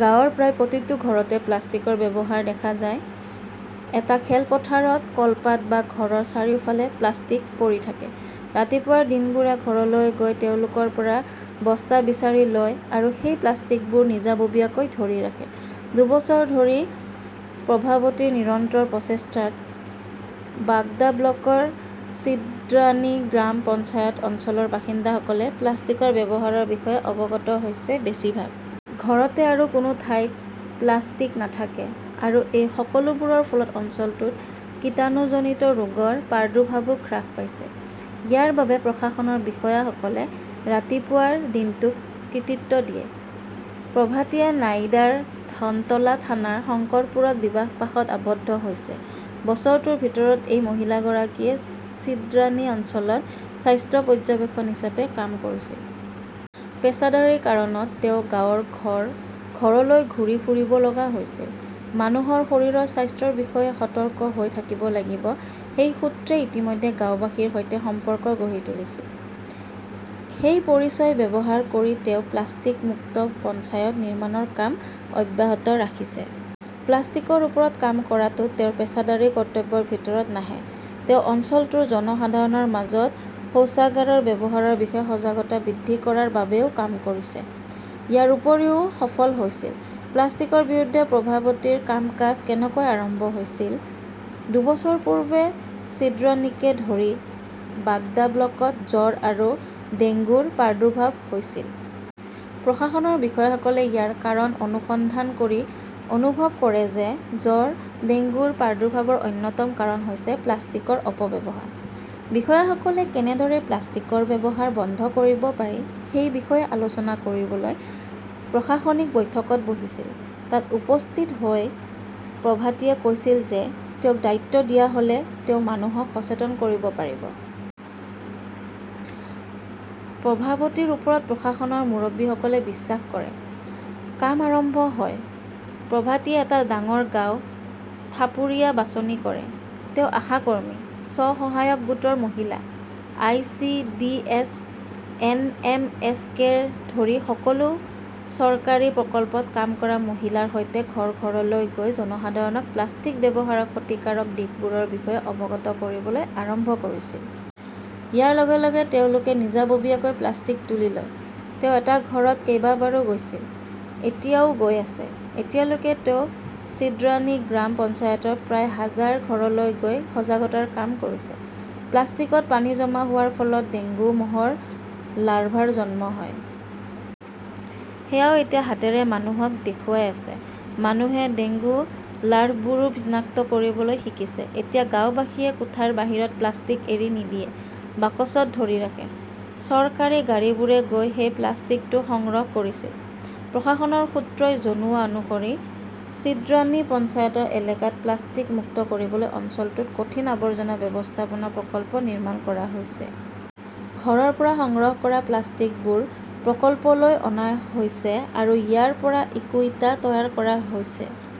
গাঁৱৰ প্ৰায় প্ৰতিটো ঘৰতে প্লাষ্টিকৰ ব্যৱহাৰ দেখা যায়। এটা খেলপথাৰত, কলপাত বা ঘৰৰ চাৰিওফালে প্লাষ্টিক পৰি থাকে। ৰাতিপুৱাৰ দিনবোৰে ঘৰলৈ গৈ তেওঁলোকৰ পৰা বস্তা বিচাৰি লয় আৰু সেই প্লাষ্টিকবোৰ নিজাববীয়াকৈ ধৰি ৰাখে। দুবছৰ ধৰি প্ৰভাৱতীৰ নিৰন্তৰ প্ৰচেষ্টাত বাগদা ব্লকৰ চিন্দ্ৰানী গ্ৰাম পঞ্চায়ত অঞ্চলৰ বাসিন্দাসকলে প্লাষ্টিকৰ ব্যৱহাৰৰ বিষয়ে অৱগত হৈছে। বেছিভাগ ঘৰতে আৰু কোনো ঠাইত প্লাষ্টিক নাথাকে, আৰু এই সকলোবোৰৰ ফলত অঞ্চলটোত কীটাণুজনিত ৰোগৰ প্ৰাদুৰ্ভাৱো হ্ৰাস পাইছে। ইয়াৰ বাবে প্ৰশাসনৰ বিষয়াসকলে ৰাতিপুৱাৰ দিনটোক কৃতিত্ব দিয়ে। প্ৰভাতিয়ে নায়িদাৰ ধনতলা থানাৰ শংকৰপুৰত বিবাহপাশত আবদ্ধ হৈছে। বছৰটোৰ ভিতৰত এই মহিলাগৰাকীয়ে চিন্দ্ৰানী অঞ্চলত স্বাস্থ্য পৰ্যবেক্ষক হিচাপে কাম কৰিছিল। পেছাদাৰী কাৰণত তেওঁ গাঁৱৰ ঘৰ- ঘৰলৈ ঘূৰি ফুৰিব লগা হৈছিল। মানুহৰ শৰীৰৰ স্বাস্থ্যৰ বিষয়ে সতৰ্ক হৈ থাকিব লাগিব সেই সূত্ৰই ইতিমধ্যে গাওঁবাসীৰ সৈতে সম্পৰ্ক গঢ়ি তুলিছিল। সেই পৰিচয় ব্যৱহাৰ কৰি তেওঁ প্লাষ্টিক মুক্ত পঞ্চায়ত নিৰ্মাণৰ কাম অব্যাহত ৰাখিছে। প্লাষ্টিকৰ ওপৰত কাম কৰাটো তেওঁৰ পেছাদাৰী কৰ্তব্যৰ ভিতৰত নাহে। তেওঁ অঞ্চলটোৰ জনসাধাৰণৰ মাজত শৌচাগাৰৰ ব্যৱহাৰৰ বিষয়ে সজাগতা বৃদ্ধি কৰাৰ বাবেও কাম কৰিছে, ইয়াৰ উপৰিও সফল হৈছিল। প্লাষ্টিকৰ বিৰুদ্ধে প্ৰভাৱতীৰ কাম-কাজ কেনেকৈ আৰম্ভ হৈছিল? দুবছৰ পূৰ্বে ছিন্দ্ৰানীকে ধৰি বাগদা ব্লকত জ্বৰ আৰু ডেংগুৰ প্ৰাদুৰ্ভাৱ হৈছিল। প্ৰশাসনৰ বিষয়াসকলে ইয়াৰ কাৰণ অনুসন্ধান কৰি অনুভৱ কৰে যে জ্বৰ-ডেংগুৰ প্ৰাদুৰ্ভাৱৰ অন্যতম কাৰণ হৈছে প্লাষ্টিকৰ অপ-ব্যৱহাৰ। বিষয়াসকলে কেনেদৰে প্লাষ্টিকৰ ব্যৱহাৰ বন্ধ কৰিব পাৰি সেই বিষয়ে আলোচনা কৰিবলৈ প্ৰশাসনিক বৈঠকত বহিছিল। তাত উপস্থিত হৈ প্ৰভাতিয়ে কৈছিল যে- তেওঁক দায়িত্ব দিয়া হ'লে তেওঁ মানুহক সচেতন কৰিব পাৰিব। প্ৰভাৱতীৰ ওপৰত প্ৰশাসনৰ মুৰব্বীসকলে বিশ্বাস কৰে। কাম আৰম্ভ হয়। প্ৰভাতিয়ে এটা ডাঙৰ গাঁও, থাপুৰিয়া বাছনি কৰে ।তেওঁ আশা কৰ্মী, স্ব-সহায়ক গোটৰ মহিলা, আই.চি.ডি.এছ, এন.এম.এস.কে ধৰি সকলো চৰকাৰী প্ৰকল্পত কাম কৰা মহিলাৰ সৈতে ঘৰ- ঘৰলৈ গৈ জনসাধাৰণক প্লাষ্টিক ব্যৱহাৰৰ ক্ষতিকাৰক দিশবোৰৰ বিষয়ে অৱগত কৰিবলৈ আৰম্ভ কৰিছিল। ইয়াৰ লগে -লগে তেওঁলোকে নিজাববীয়াকৈ প্লাষ্টিক তুলি লয়। তেওঁ এটা ঘৰত কেইবাবাৰো গৈছিল, এতিয়াও গৈ আছে। এতিয়ালৈকে তেওঁ চিন্দ্ৰাণী গ্ৰাম পঞ্চায়তৰ প্ৰায় হাজাৰ ঘৰলৈ গৈ সজাগতাৰ কাম কৰিছে। প্লাষ্টিকত পানী জমা হোৱাৰ ফলত ডেংগু মহৰ লাৰ্ভাৰ জন্ম হয়। সেয়াও তেওঁ হাতেৰে মানুহক দেখুৱাই আছে। মানুহে ডেংগু লাৰ্ভবোৰো চিনাক্ত কৰিবলৈ শিকিছে। এতিয়া গাওঁবাসীয়ে কোঠাৰ বাহিৰত প্লাষ্টিক এৰি নিদিয়ে, বাকচত ধৰি ৰাখে। চৰকাৰী গাড়ীবোৰে গৈ সেই প্লাষ্টিকটো সংগ্ৰহ কৰিছিল। প্ৰশাসনৰ সূত্ৰই জনোৱা অনুসৰি ছিন্দ্ৰানী পঞ্চায়ত এলেকা প্লাষ্টিক মুক্ত কৰিবলৈ অঞ্চলটোত কঠিন আৱৰ্জনা ব্যৱস্থাপনা প্ৰকল্প নিৰ্মাণ কৰা হৈছে। ঘৰৰ পৰা সংগ্ৰহ কৰা প্লাষ্টিকবোৰ প্ৰকল্পলৈ অনা হৈছে আৰু ইয়াৰ পৰা ইকো-ইটা তৈয়াৰ কৰা হৈছে।